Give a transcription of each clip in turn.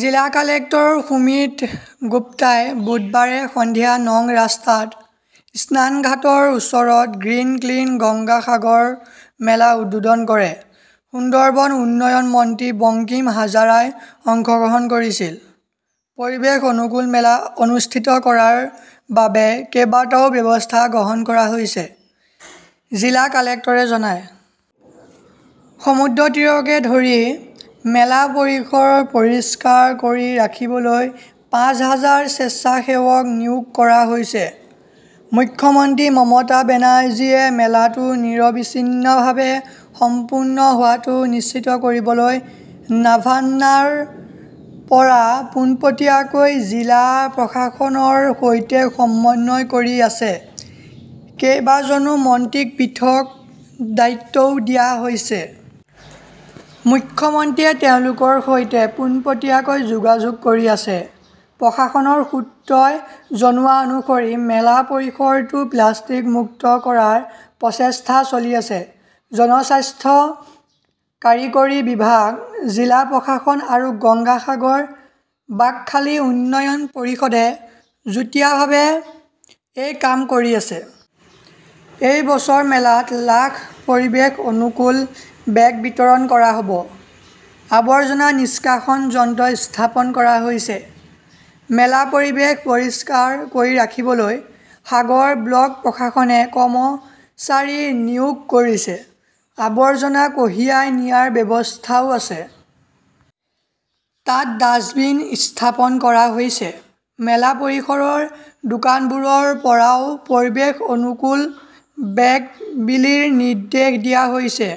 জিলা কালেক্টৰ সুমিত গুপ্তাই বুধবাৰে সন্ধিয়া নং ৰাস্তাত স্নানঘাটৰ ওচৰত 'গ্ৰীণ ক্লিন "গংগা সাগৰ মেলা উদ্বোধন কৰে। সুন্দৰবন উন্নয়ন মন্ত্ৰী বঙ্কিম হাজাৰাই অংশগ্ৰহণ কৰিছিল। পৰিৱেশ-অনুকূল মেলা অনুষ্ঠিত কৰাৰ বাবে কেইবাটাও ব্যৱস্থা গ্ৰহণ কৰা হৈছে, জিলা কালেক্টৰে জনায়। সমুদ্ৰতীৰকে ধৰি মেলা পৰিসৰ পৰিষ্কাৰ কৰি ৰাখিবলৈ পাঁচ হাজাৰ স্বেচ্ছাসেৱক নিয়োগ কৰা হৈছে। মুখ্যমন্ত্ৰী মমতা বেনাৰ্জীয়ে মেলাটো নিৰবিচ্ছিন্নভাৱে সম্পূৰ্ণ হোৱাটো নিশ্চিত কৰিবলৈ নাভান্নাৰ পৰা পোনপটীয়াকৈ জিলা প্ৰশাসনৰ সৈতে সমন্বয় কৰি আছে। কেইবাজনো মন্ত্ৰীক পৃথক দায়িত্বও দিয়া হৈছে। মুখ্যমন্ত্ৰীয়ে তেওঁলোকৰ সৈতে পোনপটীয়াকৈ যোগাযোগ কৰি আছে। প্ৰশাসনৰ সূত্ৰই জনোৱা অনুসৰি মেলা পৰিসৰটো প্লাষ্টিক মুক্ত কৰাৰ প্ৰচেষ্টা চলি আছে। জনস্বাস্থ্য কাৰিকৰী বিভাগ, জিলা প্ৰশাসন আৰু গংগা সাগৰ-বাকখালী উন্নয়ন পৰিষদে যুটীয়াভাৱে এই কাম কৰি আছে। এই বছৰ মেলাত লাখ পৰিৱেশ অনুকূল বেগ বিতৰণ কৰা হ "ব। আৱৰ্জনা নিষ্কাশন যন্ত্ৰ স্থাপন কৰা হৈছে। মেলা পৰিৱেশ পৰিষ্কাৰ কৰি ৰাখিবলৈ সাগৰ ব্লক প্ৰশাসনে কৰ্মচাৰী নিয়োগ কৰিছে। আৱৰ্জনা কঢ়িয়াই নিয়াৰ ব্যৱস্থাও আছে। টা ডাস্টবিন স্থাপন কৰা হৈছে। মেলা পৰিসৰৰ দোকানবোৰৰ পৰাও পৰিৱেশ-অনুকূল বেগ বিলিৰ নিৰ্দেশ দিয়া হৈছে।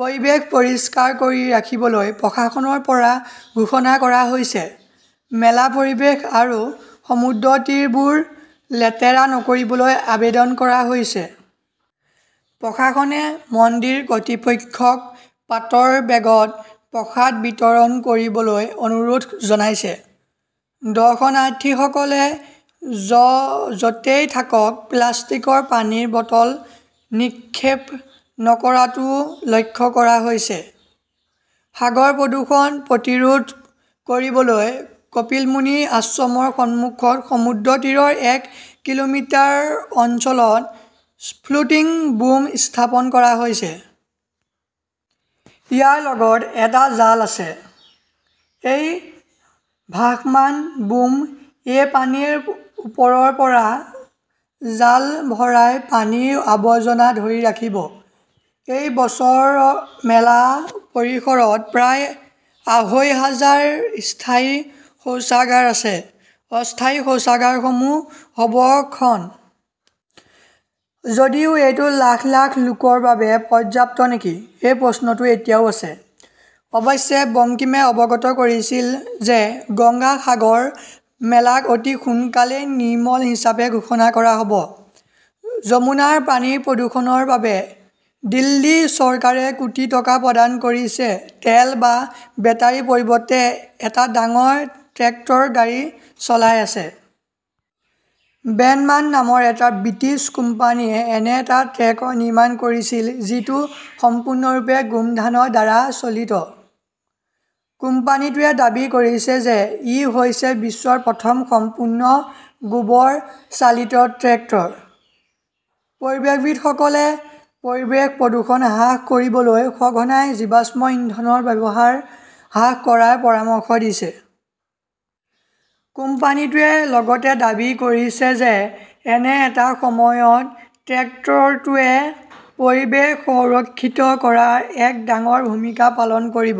পৰিৱেশ পৰিষ্কাৰ কৰি ৰাখিবলৈ প্ৰশাসনৰ পৰা ঘোষণা কৰা হৈছে। মেলা পৰিৱেশ আৰু সমুদ্ৰতীৰবোৰ লেতেৰা নকৰিবলৈ আবেদন কৰা হৈছে। প্ৰশাসনে মন্দিৰ কৰ্তৃপক্ষক পাটৰ বেগত প্ৰসাদ বিতৰণ কৰিবলৈ অনুৰোধ জনাইছে। দৰ্শনাৰ্থীসকলে য 'তেই থাকক প্লাষ্টিকৰ পানীৰ বটল নিক্ষেপ নকৰাটোও লক্ষ্য কৰা হৈছে। সাগৰ প্ৰদূষণ প্ৰতিৰোধ কৰিবলৈ কপিলমুনি আশ্ৰমৰ সন্মুখত সমুদ্ৰতীৰৰ এক কিলোমিটাৰ অঞ্চলত 'ফ্লোটিং বুম "স্থাপন কৰা হৈছে। ইয়াৰ লগত এটা জাল আছে। এই ভাসমান 'বুম "-এ পানীৰ ওপৰৰ পৰা জাল ভৰাই পানীৰ আৱৰ্জনা ধৰি ৰাখিব। এই বছৰ মেলা পৰিসৰত প্ৰায় আঢ়ৈ হাজাৰ স্থায়ী শৌচাগাৰ আছে। অস্থায়ী শৌচাগাৰসমূহ হ "ব, খন। যদিও এইটো লাখ লাখ লোকৰ বাবে পৰ্যাপ্ত নেকি সেই প্ৰশ্নটো এতিয়াও আছে। অৱশ্যে, বংকিমে অৱগত কৰিছিল যে গংগা সাগৰ মেলাক অতি সোনকালেই 'নিৰ্মল "হিচাপে ঘোষণা কৰা হ" ব। যমুনাৰ পানীৰ প্ৰদূষণৰ বাবে দিল্লী চৰকাৰে কোটি টকা প্ৰদান কৰিছে তেল বা বেটাৰিৰ পৰিৱৰ্তে এটা ডাঙৰ ট্ৰেক্টৰ গাড়ী চলাই আছে। বেনমান নামৰ এটা ব্ৰিটিছ কোম্পানীয়ে এনে এটা ট্ৰেক্টৰ নিৰ্মাণ কৰিছিল যিটো সম্পূৰ্ণৰূপে গোমধানৰ দ্বাৰা চালিত। কোম্পানীটোৱে দাবী কৰিছে যে ই হৈছে বিশ্বৰ প্ৰথম সম্পূৰ্ণ গোবৰ চালিত ট্ৰেক্টৰ। পৰিৱেশবিদসকলে পৰিৱেশ প্ৰদূষণ হ্ৰাস কৰিবলৈ সঘনাই জীৱাশ্ম ইন্ধনৰ ব্যৱহাৰ হ্ৰাস কৰাৰ পৰামৰ্শ দিছে। কোম্পানীটোৱে লগতে দাবী কৰিছে যে এনে এটা সময়ত ট্ৰেক্টৰটোৱে পৰিৱেশ সুৰক্ষিত কৰাত এক ডাঙৰ ভূমিকা পালন কৰিব